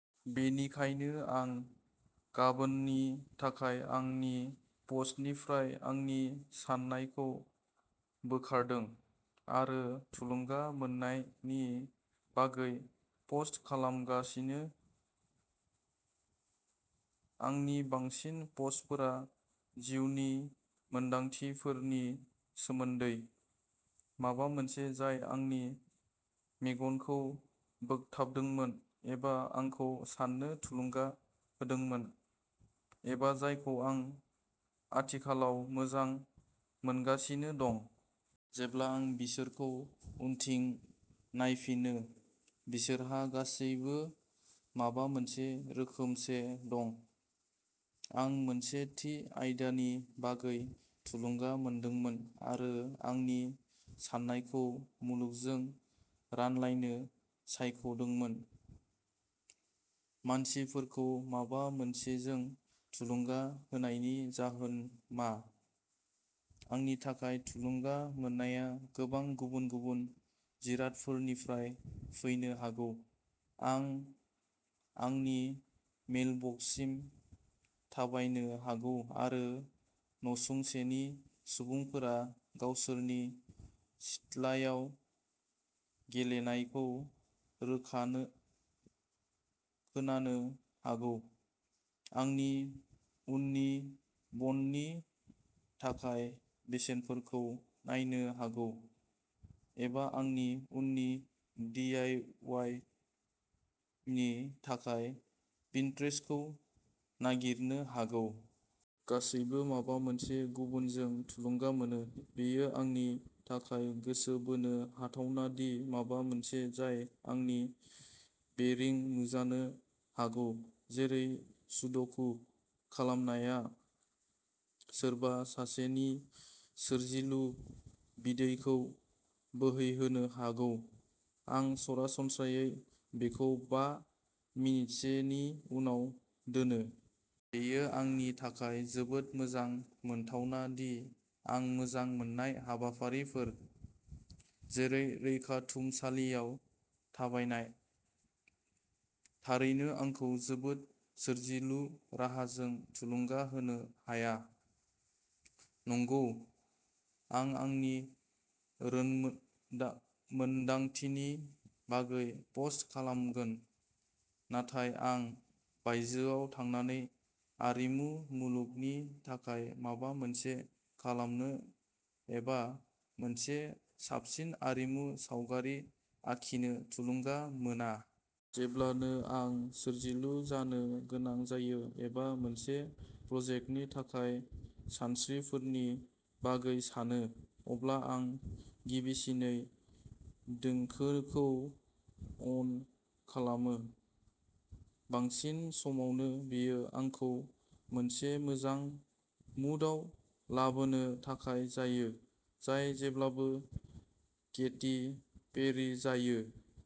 बेनिखायनो आं गाबोननि थाखाय आंनि पस्टनिफ्राय आंनि साननायखौ बोखारदों आरो थुलुंगा मोन्नायनि बागै पस्ट खालामगासिनो। आंनि बांसिन पस्टफोरा जिउनि मोनदांथिफोरनि सोमोन्दै माबा मोनसे, जाय आंनि मेगनखौ बोगथाबदोंमोन एबा आंखौ साननो थुलुंगा होदोंमोन एबा जायखौ आं आथिखालाव मोजां मोनगासिनो दं। जेब्ला आं बिसोरखौ उनथिं नायफिनो, बिसोरहा गासिबो माबा मोनसे रोखोमसे दं। आं मोनसे थि आयदानि बागै थुलुंगा मोनदोंमोन आरो आंनि साननायखौ मुलुगजों रानलायनो सायख'दोंमोन। मानसिफोरखौ माबा मोनसेजों थुलुंगा होनायनि जाहोन मा? आंनि थाखाय थुलुंगा मोननाया गोबां गुबुन गुबुन जिरादफोरनिफ्राय फैनो हागौ। आं आंनि मेइलबक्ससिम थाबायनो हागौ आरो नसुंसेनि सुबुंफोरा गावसोरनि सिथ्लायाव गेलेनायखौ रोखानो खोनानो हागौ। आंनि उननि बन्दनि थाखाय बेसेनफोरखौ नायनो हागौ एबा आंनि उननि डि आइ अवाइनि थाखाय पिनट्रेस्टखौ नागिरनो हागौ। गासैबो माबा मोनसे गुबुनजों थुलुंगा मोनो। बेयो आंनि थाखाय गोसो बोनो हाथावना दि माबा मोनसे जाय आंनि बेरिं नुजानो हागौ, जेरै सुड'कु खालामनाया सोरबा सासेनि सोरजिलु बिदैखौ बोहैहोनो हागौ। आं सरासनस्रायै बेखौ बा मिनिटसोनि उनाव दोनो। बेयो आंनि थाखाय जोबोद मोजां मोनथावना दि आं मोजां मोन्नाय हाबाफारिफोर, जेरै रैखाथुमसालियाव थाबायनाय थारैनो आंखौ जोबोद सोरजिलु राहाजों थुलुंगा होनो हाया। नंगौ, आं आंनि रोंमोनदान-मोनदांथिनि बागै पस्ट खालामगोन। नाथाय आं बायजोआव थांनानै आरिमु मुलुगनि थाखाय माबा मोनसे खालामनो एबा मोनसे साबसिन आरिमु सावगारि आखिनो थुलुंगा मोना। जेब्लानो आं सोरजिलु जानो गोनां जायो, एबा मोनसे प्रजेक्टनि थाखाय सानस्रिफोरनि बागै सानो, अब्ला आं गिबिसिनै देंखोखौ अन खालामो। बांसिन समावनो बेयो आंखौ मोनसे मोजां मुडआव लाबोनो थाखाय जायो, जाय जेब्लाबो केटी पेरी जायो।